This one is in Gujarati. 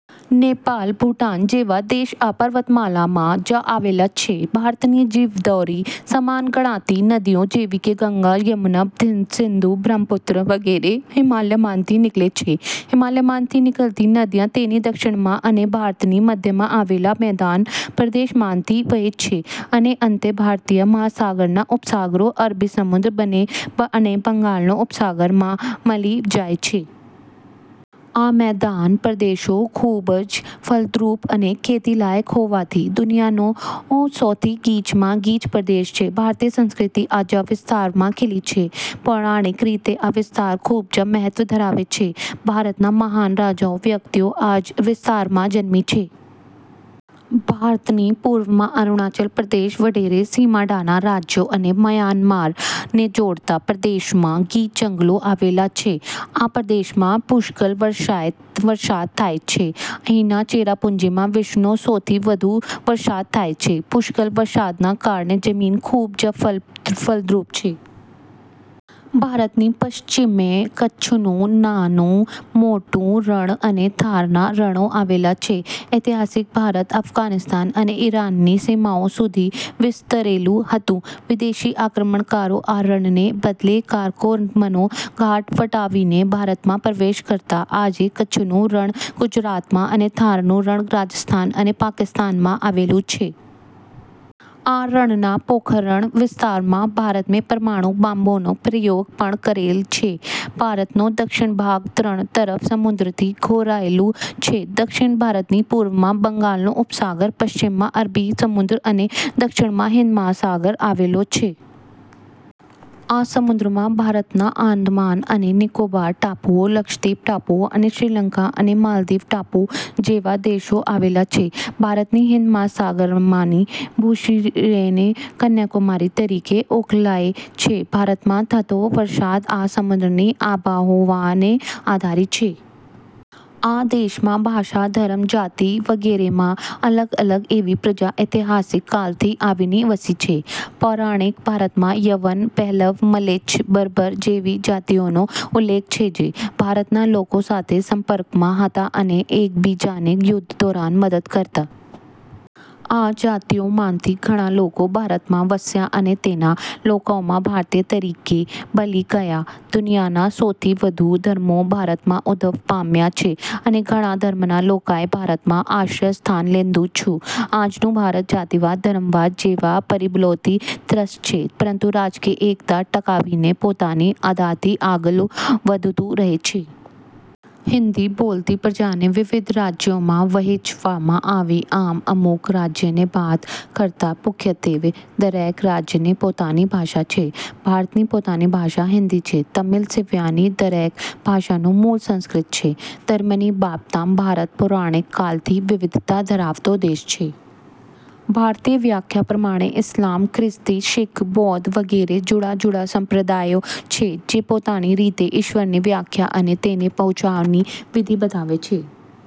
નેપાલ, ભૂતાન જેવા દેશ આ પર્વતમાળામાં જ આવેલા છે. ભારતની જીવાદોરી સમાન ગણાતી નદીઓ જેવી કે ગંગા, યમુના, સિંધુ, બ્રહ્મપુત્રા વગેરે હિમાલયમાંથી નીકળે છે. હિમાલયમાંથી નીકળતી નદીઓ તેની દક્ષિણમાં અને ભારતની મધ્યમાં આવેલા મેદાન પ્રદેશમાંથી વહે છે અને અંતે ભારતીય મહાસાગરના ઉપસાગરો – અરબી સમુદ્ર અને બંગાળનો ઉપસાગર – માં મળી જાય છે. આ મેદાન પ્રદેશો ખૂબજ ફળદ્રુપ અને ખેતીલાયક હોવાથી દુનિયાનો સૌથી ગીચમાં ગીચ પ્રદેશ છે. ભારતીય સંસ્કૃતિ આ જ વિસ્તારમાં ખીલી છે. પૌરાણિક રીતે આ વિસ્તાર ખૂબ જ મહત્વ ધરાવે છે. ભારતના મહાન રાજાઓ, વ્યક્તિઓ આ જ વિસ્તારમાં જન્મી છે. ભારતની પૂર્વમાં અરૂણાચલ પ્રદેશ વગેરે સીમાડાના રાજ્યો અને મ્યાનમાર ને જોડતા પ્રદેશોમાં ગીચ જંગલો આવેલા છે. આ પ્રદેશમાં પુષ્કળ વરસાદ થાય છે. અહીંના ચેરાપુંજીમાં વિશ્વનો સૌથી વધુ વરસાદ થાય છે. પુષ્કળ વરસાદના કારણે જમીન ખૂબ જ ફળદ્રુપ છે. ભારતની પશ્ચિમે કચ્છનું નાનું, મોટું રણ અને થારના રણો આવેલા છે. ઐતિહાસિક ભારત અફઘાનિસ્તાન અને ઇરાનની સીમાઓ સુધી વિસ્તરેલું હતું. વિદેશી આક્રમણકારો આ રણને બદલે કારાકોરમનો ઘાટ વટાવીને ભારતમાં પ્રવેશ કરતા. આજે કચ્છનું રણ ગુજરાત માં અને થારનું રણ રાજસ્થાન અને પાકિસ્તાનમાં આવેલું છે. આ રણના પોખરણ વિસ્તારમાં ભારતે પરમાણુ બોમ્બનો પ્રયોગ પણ કરેલ છે. ભારતનો દક્ષિણ ભાગ ત્રણ તરફ સમુદ્રથી ઘેરાયેલો છે. દક્ષિણ ભારતની પૂર્વમાં બંગાળનો ઉપસાગર, પશ્ચિમમાં અરબી સમુદ્ર અને દક્ષિણમાં હિંદ મહાસાગર આવેલો છે. આ સમુદ્રમાં ભારતના આંદામાન અને નિકોબાર ટાપુઓ, લક્ષદ્વિપ ટાપુઓ અને શ્રીલંકા અને માલદીવ ટાપુ જેવા દેશો આવેલા છે. ભારતની હિંદ મહાસાગરમાંની ભૂશિરને કન્યાકુમારી તરીકે ઓળખાય છે. ભારતમાં થતો વરસાદ આ સમુદ્રની આબોહવાને આધારી છે. આ દેશમાં ભાષા, ધર્મ, જાતિ વગેરેમાં અલગ અલગ એવી પ્રજા ઐતિહાસિક કાળથી આવીને વસી છે. પૌરાણીક ભારતમાં યવન, પહલવ, મ્લેચ્છ, બર્બર જેવી જાતિઓનો ઉલ્લેખ છે જે ભારતના લોકો સાથે સંપર્કમાં હતી અને એકબીજાને યુદ્ધ દરમિયાન મદદ કરતા. આ જાતિઓમાંથી ઘણા લોકો ભારતમાં વસ્યા અને તેના લોકોમાં ભારતીય તરીકે ભળી ગયા. દુનિયાના સૌથી વધુ ધર્મો ભારતમાં ઉદ્ભવ પામ્યા છે અને ઘણા ધર્મના લોકોએ ભારતમાં આશ્રયસ્થાન લીધું છે. આજનું ભારત જાતિવાદ, ધર્મવાદ જેવા પરિબળોથી ત્રસ્ત છે પરંતુ રાજકીય એક્તા ટકાવીને પોતાની અદાથી આગળ વધતુ રહે છે. હિન્દી બોલતી પ્રજાને વિવિધ રાજ્યોમાં વહેંચવામાં આવી. આમ, અમુક રાજ્યને બાદ કરતા મુખ્યત્વે દરેક રાજ્યને પોતાની ભાષા છે. ભારતની પોતાની ભાષા હિન્દી છે. તમિલ સિવાયની દરેક ભાષાનું મૂળ સંસ્કૃત છે. ધર્મની બાબતમાં ભારત પૌરાણીક કાળથી વિવિધતા ધરાવતો દેશ છે. ભારતીય વ્યાખ્યા પ્રમાણે ઇસ્લામ, ખ્રિસ્તી, શીખ, બૌદ્ધ વગેરે જુદા-જુદા સંપ્રદાયો છે જે પોતાની રીતે ઇશ્વરની વ્યાખ્યા અને તેને પહોંચવાની વિધી બતાવે છે.